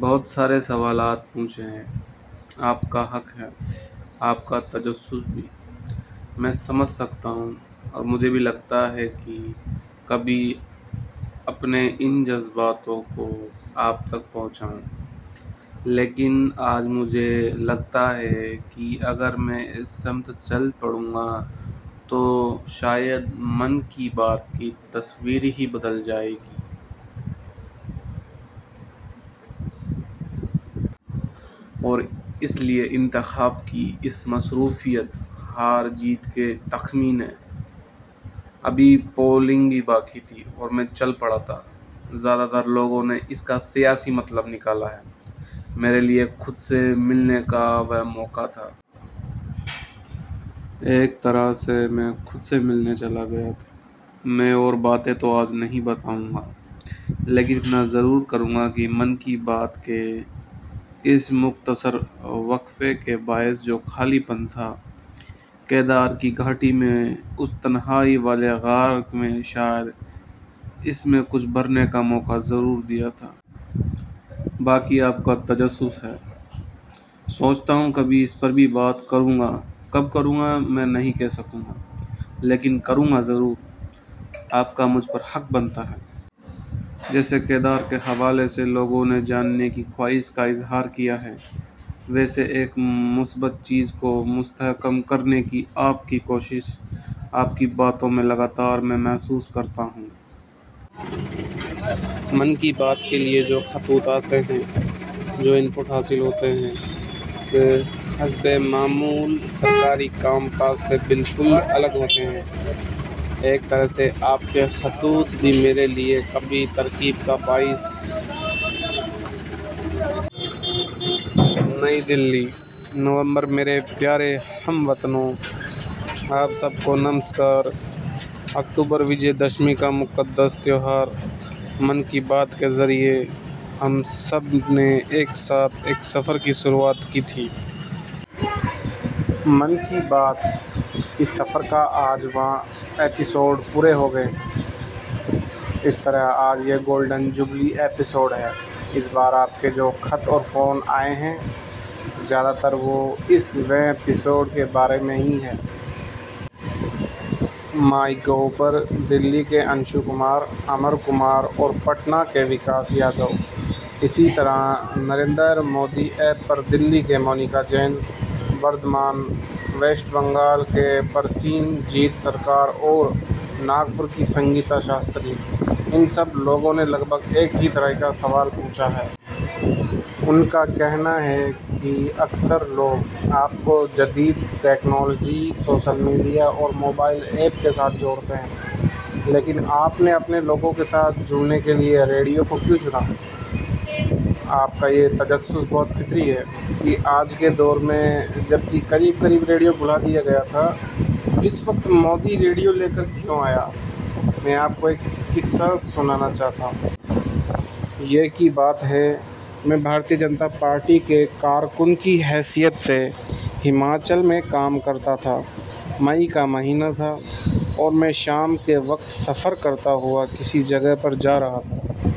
بہت سارے سوالات پوچھے ہیں۔ آپ کا حق ہے، آپ کا تجسس بھی، میں سمجھ سکتا ہوں اور مجھے بھی لگتا ہے کہ کبھی اپنے ان جذبات کو آپ تک کبھی پہنچا ہوں، لیکن آج مجھے لگتا ہے کہ اگر میں اس سمت میں چل پڑوں گا تو شاید 'من کی بات' کی تصویر ہی بدل جائے گی۔ اور اس لیے انتخابات کی اس مشغولیت، ہار جیت کے تخمینے، ابھی پولنگ بھی باقی تھی اور میں چل پڑا۔ زیادہ تر لوگوں نے اس کا سیاسی مطلب نکالا ہے۔ میرے لیے خود سے ملنے کا وہ موقع تھا۔ ایک طرح سے میں خود سے ملنے چلا گیا تھا۔ میں اور باتیں تو آج نہیں بتاؤں گا لیکن اتنا ضرور کروں گا کہ 'من کی بات' کے کس مختصر وقفے کے باعث جو خالی پن تھا کیدار کی گھاٹی میں اُس تنہائی والے غار میں شاید اس میں کچھ بھرنے کا موقع ضرور دیا تھا۔ باقی آپ کا تجسس ہے۔ سوچتا ہوں کبھی اس پر بھی بات کروں گا۔ کب کروں گا میں نہیں کہ سکوں گا، لیکن کروں گا ضرور، آپ کا مجھ پر حق بنتا ہے۔ جیسے کیدار کے حوالے سے لوگوں نے جاننے کی خواہش کا اظہار کیا ہے، ویسے ایک مثبت چیزوں کو مستحکم کرنے کی آپ کی کوشش، آپ کی باتوں میں لگاتار میں محسوس کرتا ہوں۔ 'من کی بات' کے لیے جو خطوط آتے ہیں، جو ان پٹ حاصل ہوتے ہیں وہ حسب معمول سرکاری کام کاج سے بالکل الگ ہوتے ہیں۔ ایک طرح سے آپ کے خطوط بھی میرے لیے کبھی ترغیب کا باعث. نئی دہلی، / نومبر میرے پیارے ہم وطنوں، آپ سب کو نمسکار! اکتوبر وجے دشمی کا مقدس تہوار۔ 'من کی بات' کے ذریعے ہم سب نے ایک ساتھ، ایک سفر کی شروعات کی تھی۔ 'من کی بات'، اس سفر کا آج واں ایپیسوڈ پورے ہوگئے ہیں۔ اس طرح آج یہ گولڈن جوبلی ایپیسوڈ ہے۔ اس بار آپ کے جو خط اور فون آئے ہیں، زیادہ تر وہ اس ویں ایپیسوڈ کے بارے میں ہی ہے۔ مائی گوو پر دلّی کے انشو کمار، امر کمار اور پٹنہ سے وکاس یادو، اسی طرح سے نریندر مودی ایپ پر دلّی کی مونیکا جین، بردوان، ویسٹ بنگال کے پرسین جیت سرکار اور ناگپور کی سنگیتا شاستری ان سب لوگوں نے لگ بھگ ایک ہی طرح کا سوال پوچھا ہے۔ ان کا کہنا ہے کہ اکثر لوگ آپ کو جدید ٹیکنالوجی، سوشل میڈیا اور موبائل ایپ کے ساتھ جوڑتے ہیں، لیکن آپ نے اپنے لوگوں کے ساتھ جڑنے کے لیے ریڈیو کو کیوں چنا؟ آپ کا یہ تجسس بہت فطری ہے کہ آج کے دور میں، جب کہ قریب قریب ریڈیو بھلا دیا گیا تھا اس وقت مودی ریڈیو لے کر کے کیوں آیا؟ میں آپ کو ایک قصہ سنانا چاہتا ہوں۔ یہ کی بات ہے، میں بھارتیہ جنتا پارٹی کے کارکن کی حیثیت سے ہماچل میں کام کرتا تھا۔ مئی کا مہینہ تھا اور میں شام کے وقت سفر کرتا ہوا کسی اور جگہ پر جا رہا تھا۔